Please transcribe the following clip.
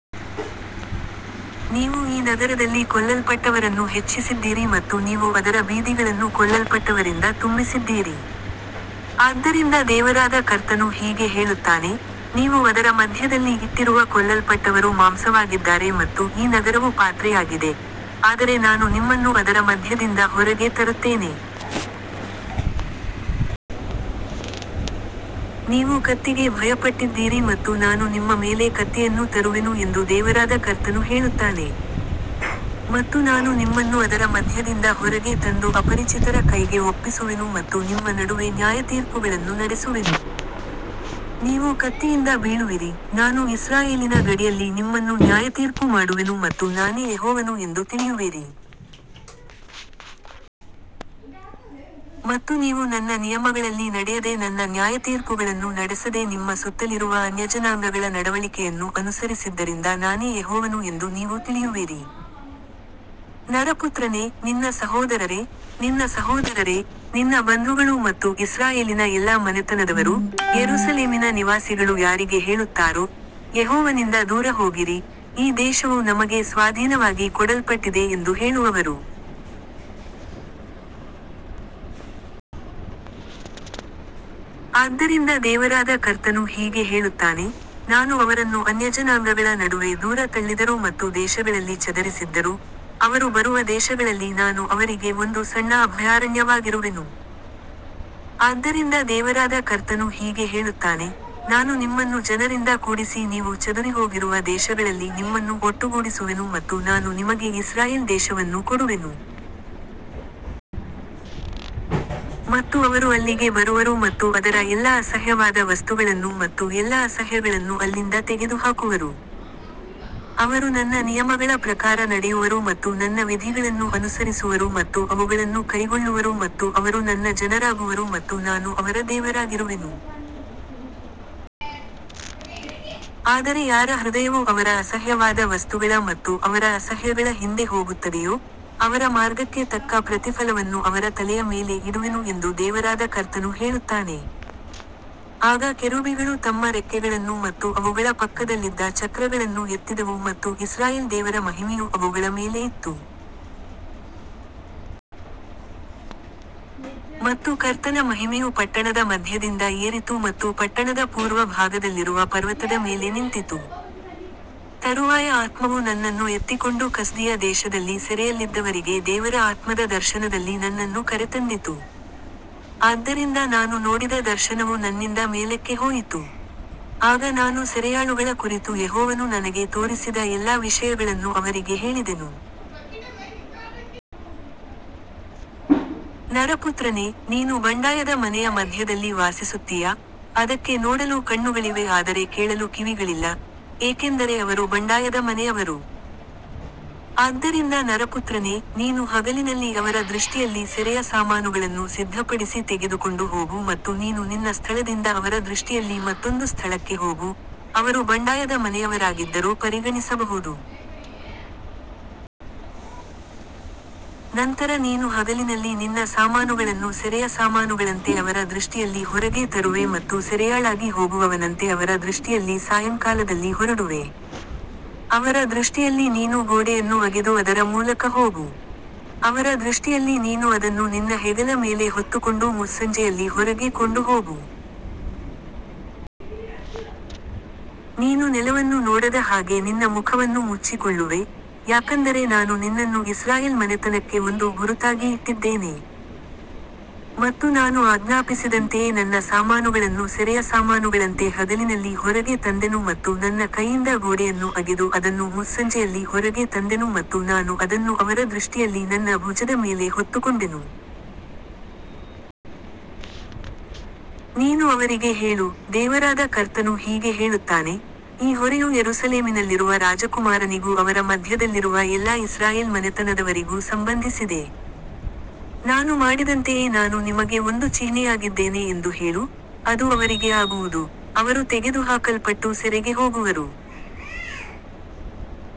ನೀವು ಈ ನಗರದಲ್ಲಿ ಕೊಲ್ಲಲ್ಪಟ್ಟವರನ್ನು ಹೆಚ್ಚಿಸಿದ್ದೀರಿ ಮತ್ತು ನೀವು ಅದರ ಬೀದಿಗಳನ್ನು ಕೊಲ್ಲಲ್ಪಟ್ಟವರಿಂದ ತುಂಬಿಸಿದ್ದೀರಿ. ಆದ್ದರಿಂದ ದೇವರಾದ ಕರ್ತನು ಹೀಗೆ ಹೇಳುತ್ತಾನೆ, ನೀವು ಅದರ ಮಧ್ಯದಲ್ಲಿ ಇಟ್ಟಿರುವ ಕೊಲ್ಲಲ್ಪಟ್ಟವರು ಮಾಂಸವಾಗಿದ್ದಾರೆ ಮತ್ತು ಈ ನಗರವು ಪಾತ್ರೆಯಾಗಿದೆ, ಆದರೆ ನಾನು ನಿಮ್ಮನ್ನು ಅದರ ಮಧ್ಯದಿಂದ ಹೊರಗೆ ತರುತ್ತೇನೆ. ನೀವು ಕತ್ತಿಗೆ ಭಯಪಟ್ಟಿದ್ದೀರಿ ಮತ್ತು ನಾನು ನಿಮ್ಮ ಮೇಲೆ ಕತ್ತಿಯನ್ನು ತರುವೆನು ಎಂದು ದೇವರಾದ ಕರ್ತನು ಹೇಳುತ್ತಾನೆ. ಮತ್ತು ನಾನು ನಿಮ್ಮನ್ನು ಅದರ ಮಧ್ಯದಿಂದ ಹೊರಗೆ ತಂದು ಅಪರಿಚಿತರ ಕೈಗೆ ಒಪ್ಪಿಸುವೆನು ಮತ್ತು ನಿಮ್ಮ ನಡುವೆ ನ್ಯಾಯತೀರ್ಪುಗಳನ್ನು ನಡೆಸುವೆನು. ನೀವು ಕತ್ತಿಯಿಂದ ಬೀಳುವಿರಿ, ನಾನು ಇಸ್ರಾಯೇಲಿನ ಗಡಿಯಲ್ಲಿ ನಿಮ್ಮನ್ನು ನ್ಯಾಯತೀರ್ಪು ಮಾಡುವೆನು ಮತ್ತು ನಾನೇ ಯೆಹೋವನು ಎಂದು ತಿಳಿಯುವಿರಿ. ಮತ್ತು ನೀವು ನನ್ನ ನಿಯಮಗಳಲ್ಲಿ ನಡೆಯದೆ ನನ್ನ ನ್ಯಾಯತೀರ್ಪುಗಳನ್ನು ನಡೆಸದೆ ನಿಮ್ಮ ಸುತ್ತಲಿರುವ ಅನ್ಯಜನಾಂಗಗಳ ನಡವಳಿಕೆಯನ್ನು ಅನುಸರಿಸಿದ್ದರಿಂದ ನಾನೇ ಯೆಹೋವನು ಎಂದು ನೀವು ತಿಳಿಯುವಿರಿ. ನರಪುತ್ರನೇ, ನಿನ್ನ ಸಹೋದರರೇ, ನಿನ್ನ ಸಹೋದರರೇ, ನಿನ್ನ ಬಂಧುಗಳು ಮತ್ತು ಇಸ್ರಾಯೇಲಿನ ಎಲ್ಲಾ ಮನೆತನದವರೂ, ಯೆರೂಸಲೇಮಿನ ನಿವಾಸಿಗಳು ಯಾರಿಗೆ ಹೇಳುತ್ತಾರೋ, ಯೆಹೋವನಿಂದ ದೂರ ಹೋಗಿರಿ, ಈ ದೇಶವು ನಮಗೆ ಸ್ವಾಧೀನವಾಗಿ ಕೊಡಲ್ಪಟ್ಟಿದೆ ಎಂದು ಹೇಳುವವರು. ಆದ್ದರಿಂದ ದೇವರಾದ ಕರ್ತನು ಹೀಗೆ ಹೇಳುತ್ತಾನೆ, ನಾನು ಅವರನ್ನು ಅನ್ಯಜನಾಂಗಗಳ ನಡುವೆ ದೂರ ತಳ್ಳಿದರೂ ಮತ್ತು ದೇಶಗಳಲ್ಲಿ ಚದರಿಸಿದ್ದರೂ, ಅವರು ಬರುವ ದೇಶಗಳಲ್ಲಿ ನಾನು ಅವರಿಗೆ ಒಂದು ಸಣ್ಣ ಅಭಯಾರಣ್ಯವಾಗಿರುವೆನು. ಆದ್ದರಿಂದ ದೇವರಾದ ಕರ್ತನು ಹೀಗೆ ಹೇಳುತ್ತಾನೆ, ನಾನು ನಿಮ್ಮನ್ನು ಜನರಿಂದ ಕೂಡಿಸಿ ನೀವು ಚದುರಿಹೋಗಿರುವ ದೇಶಗಳಲ್ಲಿ ನಿಮ್ಮನ್ನು ಒಟ್ಟುಗೂಡಿಸುವೆನು ಮತ್ತು ನಾನು ನಿಮಗೆ ಇಸ್ರಾಯೇಲ್ ದೇಶವನ್ನು ಕೊಡುವೆನು. ಮತ್ತು ಅವರು ಅಲ್ಲಿಗೆ ಬರುವರು ಮತ್ತು ಅದರ ಎಲ್ಲಾ ಅಸಹ್ಯವಾದ ವಸ್ತುಗಳನ್ನು ಮತ್ತು ಎಲ್ಲಾ ಅಸಹ್ಯಗಳನ್ನು ಅಲ್ಲಿಂದ ತೆಗೆದುಹಾಕುವರು. ಅವರು ನನ್ನ ನಿಯಮಗಳ ಪ್ರಕಾರ ನಡೆಯುವರು ಮತ್ತು ನನ್ನ ವಿಧಿಗಳನ್ನು ಅನುಸರಿಸುವರು ಮತ್ತು ಅವುಗಳನ್ನು ಕೈಗೊಳ್ಳುವರು ಮತ್ತು ಅವರು ನನ್ನ ಜನರಾಗುವರು ಮತ್ತು ನಾನು ಅವರ ದೇವರಾಗಿರುವೆನು. ಆದರೆ ಯಾರ ಹೃದಯವು ಅವರ ಅಸಹ್ಯವಾದ ವಸ್ತುಗಳ ಮತ್ತು ಅವರ ಅಸಹ್ಯಗಳ ಹಿಂದೆ ಹೋಗುತ್ತದೆಯೋ, ಅವರ ಮಾರ್ಗಕ್ಕೆ ತಕ್ಕ ಪ್ರತಿಫಲವನ್ನು ಅವರ ತಲೆಯ ಮೇಲೆ ಇಡುವೆನು ಎಂದು ದೇವರಾದ ಕರ್ತನು ಹೇಳುತ್ತಾನೆ. ಆಗ ಕೆರೂಬಿಗಳು ತಮ್ಮ ರೆಕ್ಕೆಗಳನ್ನು ಮತ್ತು ಅವುಗಳ ಪಕ್ಕದಲ್ಲಿದ್ದ ಚಕ್ರಗಳನ್ನು ಎತ್ತಿದವು ಮತ್ತು ಇಸ್ರಾಯೇಲ್ ದೇವರ ಮಹಿಮೆಯು ಅವುಗಳ ಮೇಲೆ ಇತ್ತು. ಮತ್ತು ಕರ್ತನ ಮಹಿಮೆಯು ಪಟ್ಟಣದ ಮಧ್ಯದಿಂದ ಏರಿತು ಮತ್ತು ಪಟ್ಟಣದ ಪೂರ್ವ ಭಾಗದಲ್ಲಿರುವ ಪರ್ವತದ ಮೇಲೆ ನಿಂತಿತು. ತರುವಾಯ ಆತ್ಮವು ನನ್ನನ್ನು ಎತ್ತಿಕೊಂಡು ಕಸ್ದೀಯ ದೇಶದಲ್ಲಿ ಸೆರೆಯಲ್ಲಿದ್ದವರಿಗೆ ದೇವರ ಆತ್ಮದ ದರ್ಶನದಲ್ಲಿ ನನ್ನನ್ನು ಕರೆತಂದಿತು. ಆದ್ದರಿಂದ ನಾನು ನೋಡಿದ ದರ್ಶನವು ನನ್ನಿಂದ ಮೇಲಕ್ಕೆ ಹೋಯಿತು. ಆಗ ನಾನು ಸೆರೆಯಾಳುಗಳ ಕುರಿತು ಯೆಹೋವನು ನನಗೆ ತೋರಿಸಿದ ಎಲ್ಲಾ ವಿಷಯಗಳನ್ನು ಅವರಿಗೆ ಹೇಳಿದೆನು. ನರಪುತ್ರನೇ, ನೀನು ಬಂಡಾಯದ ಮನೆಯ ಮಧ್ಯದಲ್ಲಿ ವಾಸಿಸುತ್ತೀಯಾ, ಅದಕ್ಕೆ ನೋಡಲು ಕಣ್ಣುಗಳಿವೆ ಆದರೆ ಕೇಳಲು ಕಿವಿಗಳಿಲ್ಲ, ಏಕೆಂದರೆ ಅವರು ಬಂಡಾಯದ ಮನೆಯವರು. ಆದ್ದರಿಂದ ನರಪುತ್ರನೇ, ನೀನು ಹಗಲಿನಲ್ಲಿ ಅವರ ದೃಷ್ಟಿಯಲ್ಲಿ ಸೆರೆಯ ಸಾಮಾನುಗಳನ್ನು ಸಿದ್ಧಪಡಿಸಿ ತೆಗೆದುಕೊಂಡು ಹೋಗು ಮತ್ತು ನೀನು ನಿನ್ನ ಸ್ಥಳದಿಂದ ಅವರ ದೃಷ್ಟಿಯಲ್ಲಿ ಮತ್ತೊಂದು ಸ್ಥಳಕ್ಕೆ ಹೋಗು, ಅವರು ಬಂಡಾಯದ ಮನೆಯವರಾಗಿದ್ದರೂ ಪರಿಗಣಿಸಬಹುದು. ನಂತರ ನೀನು ಹಗಲಿನಲ್ಲಿ ನಿನ್ನ ಸಾಮಾನುಗಳನ್ನು ಸೆರೆಯ ಸಾಮಾನುಗಳಂತೆ ಅವರ ದೃಷ್ಟಿಯಲ್ಲಿ ಹೊರಗೆ ತರುವೆ ಮತ್ತು ಸೆರೆಯಾಳಾಗಿ ಹೋಗುವವನಂತೆ ಅವರ ದೃಷ್ಟಿಯಲ್ಲಿ ಸಾಯಂಕಾಲದಲ್ಲಿ ಹೊರಡುವೆ. ಅವರ ದೃಷ್ಟಿಯಲ್ಲಿ ನೀನು ಗೋಡೆಯನ್ನು ಅಗೆದು ಅದರ ಮೂಲಕ ಹೋಗು. ಅವರ ದೃಷ್ಟಿಯಲ್ಲಿ ನೀನು ಅದನ್ನು ನಿನ್ನ ಹೆಗಲ ಮೇಲೆ ಹೊತ್ತುಕೊಂಡು ಮುಸ್ಸಂಜೆಯಲ್ಲಿ ಹೊರಗೆ ಕೊಂಡು ಹೋಗು. ನೀನು ನೆಲವನ್ನು ನೋಡದ ಹಾಗೆ ನಿನ್ನ ಮುಖವನ್ನು ಮುಚ್ಚಿಕೊಳ್ಳುವೆ, ಯಾಕಂದರೆ ನಾನು ನಿನ್ನನ್ನು ಇಸ್ರಾಯೇಲ್ ಮನೆತನಕ್ಕೆ ಒಂದು ಗುರುತಾಗಿ ಇಟ್ಟಿದ್ದೇನೆ. ಮತ್ತು ನಾನು ಆಜ್ಞಾಪಿಸಿದಂತೆಯೇ ನನ್ನ ಸಾಮಾನುಗಳನ್ನು ಸೆರೆಯ ಸಾಮಾನುಗಳಂತೆ ಹಗಲಿನಲ್ಲಿ ಹೊರಗೆ ತಂದೆನು ಮತ್ತು ನನ್ನ ಕೈಯಿಂದ ಗೋಡೆಯನ್ನು ಅಗೆದು ಅದನ್ನು ಮುಸ್ಸಂಜೆಯಲ್ಲಿ ಹೊರಗೆ ತಂದೆನು ಮತ್ತು ನಾನು ಅದನ್ನು ಅವರ ದೃಷ್ಟಿಯಲ್ಲಿ ನನ್ನ ಭುಜದ ಮೇಲೆ ಹೊತ್ತುಕೊಂಡೆನು. ನೀನು ಅವರಿಗೆ ಹೇಳು, ದೇವರಾದ ಕರ್ತನು ಹೀಗೆ ಹೇಳುತ್ತಾನೆ, ಈ ಹೊರೆಯು ಯೆರೂಸಲೇಮಿನಲ್ಲಿರುವ ರಾಜಕುಮಾರನಿಗೂ ಅವರ ಮಧ್ಯದಲ್ಲಿರುವ ಎಲ್ಲಾ ಇಸ್ರಾಯೇಲ್ ಮನೆತನದವರಿಗೂ ಸಂಬಂಧಿಸಿದೆ. ನಾನು ಮಾಡಿದಂತೆಯೇ ನಾನು ನಿಮಗೆ ಒಂದು ಚಿಹ್ನೆಯಾಗಿದ್ದೇನೆ ಎಂದು ಹೇಳು, ಅದು ಅವರಿಗೆ ಆಗುವುದು, ಅವರು ತೆಗೆದುಹಾಕಲ್ಪಟ್ಟು ಸೆರೆಗೆ ಹೋಗುವರು.